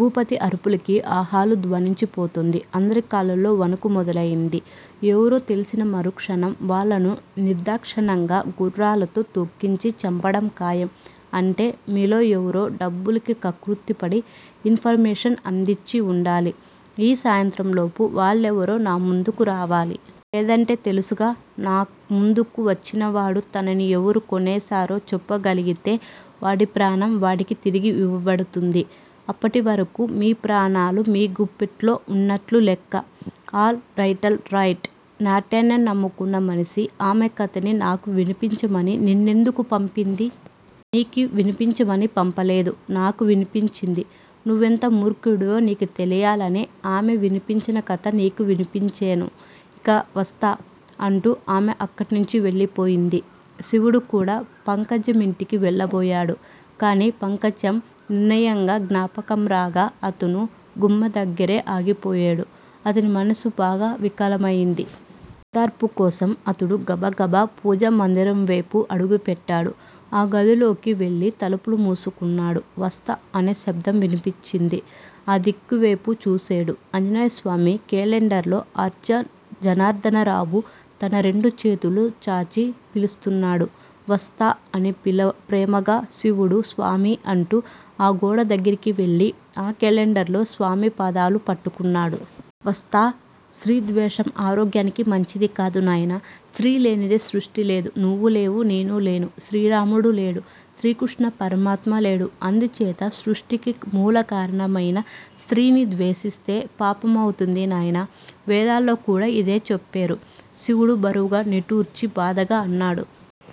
భూపతి అరుపులకి ఆ హాలు ధ్వనించి పోతోంది. అందరి కాళ్ళలో వణుకు మొదలయింది. ఎవరో తెల్సిన మరుక్షణం వాళ్ళను నిర్ధాక్షిణ్యంగా గుర్రాలతో తొక్కించి చంపటం ఖాయం. అంటే మీలో ఎవరో డబ్బులకి కక్కుర్తిపడి ఇన్ ఫర్మేషన్ అందించి వుండాలి. ఈ సాయంత్రంలోపు వాళ్ళెవరో నా ముందుకు రావాలి. లేదంటే తెలుసుగా! నా ముందుకు వచ్చినవాడు తనని ఎవరు కొనేసారో చెప్పగలిగితే వాడి ప్రాణం వాడికి తిరిగి ఇవ్వబడుతుంది. అప్పటి వరకు మీ ప్రాణాలు మీ గుప్పిట్లో ఉన్నట్లు లెక్క। All right all right! నాట్యాన్నే నమ్ముకున్న మనిషి-ఆమె కథని నాకు వినిపించమణి నిన్నెందుకు పంపింది? నీకు వినిపించమని పంపలేదు. నాకు వినిపించింది. నువ్వెంత మూర్ఖుడివో నీకు తెలియాలని ఆమె వినిపించిన కథ నీకు వినిపించేను. ఇక వస్తా. అంటూ ఆమె అక్కడ్నించి వెళ్ళిపోయింది. శివుడు కూడా పంకజమింటికి వెళ్ళబోయేడు. కానీ-పంకజం నిర్ణయం జ్ఞాపకంరాగా అతను గుమ్మందగ్గిరే ఆగిపోయేడు. అతని మనసు బాగా వికలమైంది. ఓదార్పు కోసం అతడు గబగబా పూజా మందిరం వేపు అడుగుపెట్టేడు. ఆ గదిలోకి వెళ్ళి తలుపు మూసుకున్నాడు. వస్తా అనే శబ్దం వినిపించింది. ఆ దిక్కువేపు చూసేడు. ఆంజనేయస్వామి కేలెండర్లో అర్జా జనార్ధనరావు తన రెండు చేతులూ చాచి పిలుస్తున్నాడు. వస్తా అని ప్రేమగా. శివుడు స్వామీ అంటూ ఆ గోడదగ్గరికి వెళ్ళి, ఆ కేలెండర్లో స్వామి పాదాలు పట్టుకున్నాడు. వస్తా! స్త్రీ ద్వేషం ఆరోగ్యానికి మంచిది కాదు నాయనా! స్త్రీ లేనిదే సృష్టిలేదు. నువ్వు లేవు. నేను లేను. శ్రీరాముడు లేడు. శ్రీకృష్ణపరమాత్మ లేడు. అందుచేత సృష్టికి మూలకారణమైన స్త్రీని ద్వేషిస్తే పాపమవుతుంది నాయనా! వేదాల్లో కూడా ఇదే చెప్పేరు! శివుడు బరువుగా నిట్టూర్చి బాధగా అన్నాడు.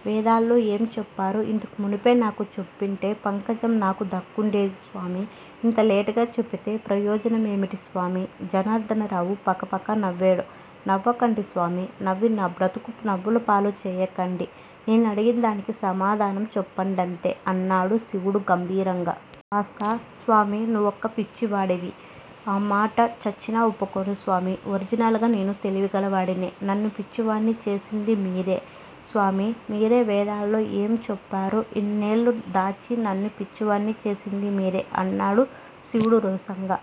వేదాల్లో ఏం చెప్పేరో ఇంతకు మునుపే నాకు చెప్పివుంటే పంకజం నాకు దక్కివుండేది స్వామీ! ఇంత లేటుగా చెబితే ప్రయోజన మేమిటి స్వామీ! జనార్ధనరావు పకపకా నవ్వేడు. నవ్వకండి స్వామి! నవ్వి నా బ్రతుకు నవ్వులపాలు చేయకండి! నే నడిగిందానికి సమాధానం చెప్పండంతే! అన్నాడు శివుడు గంభీరంగా. వత్సా! స్వామీ నువ్వొక పిచ్చివాడివి! ఆ మాట చచ్చినా ఒప్పుకోను స్వామీ! ఒరిజినల్ గా నేను తెలివిగలవాడినే! నన్ను పిచ్చివాడ్ని చేసింది మీరే స్వామీ! మీరే! వేదాల్లో ఏం చెప్పారో ఇన్నేళ్ళూ దాచి నన్ను పిచ్చివాడ్ని చేసింది మీరే! అన్నాడు శివుడు రోషంగా.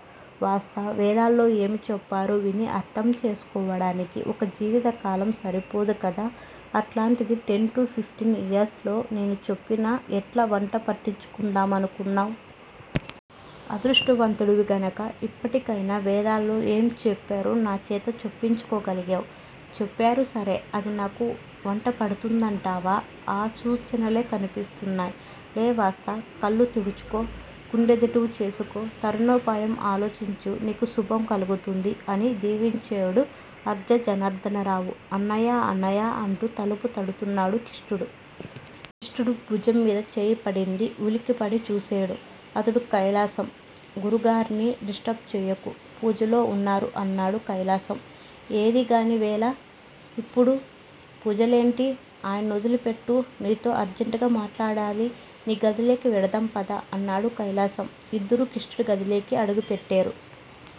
వాస్తా! వేదాల్లో ఏం చెప్పేరో విని అర్థం చేసుకోడానికి ఒక జీవిత కాలం సరిపోదుగదా-అల్లాంటిది టెన్ టు ఫిఫ్టీన్ ఇయర్సులో-నేను చెప్పినా-ఎట్లా వంట బట్టించుకుందామనుకున్నావ్? అదృష్టవంతుడివి గనక ఇప్పటికైనా వేదాల్లో ఏం చెప్పేరో నాచేత చెప్పించుకోగలిగేవ్! చెప్పేరు సరే! అది నాకు వంటపడుతుందంటావా? ఆ సూచనలే కనిపిస్తున్నాయి! లే వాస్తా! కళ్ళు తుడుచుకో! గుండెదిటవు చేసుకో? తరుణోపాయం ఆలోచించు. నీకు శుభం కలుగుతుంది! అని దీవించేడు అర్జా జనార్ధనరావు! అన్నయ్యా, అన్నయ్యా అంటూ తలుపు తడుతున్నాడు కిష్టుడు. కిష్టుడు భుజంమీద చేయిపడింది ఉలిక్కిపడి చూసేడు. అతడు కైలాసం! గురూగార్ని డిస్టర్బ్ చేయకు. పూజలో ఉన్నారు అన్నాడు కైలాసం. ఏదీగాని వేళ! ఇప్పుడు పూజేమిటి ఆయన్నొదిలిపెట్టు. నీతో అర్జంటుగా మాట్లాడాలి. నీ గదిలోకి వెడదాం పద! అన్నాడు కైలాసం. ఇద్దరూ కిష్టుడి గదిలోకి అడుగు పెట్టేరు.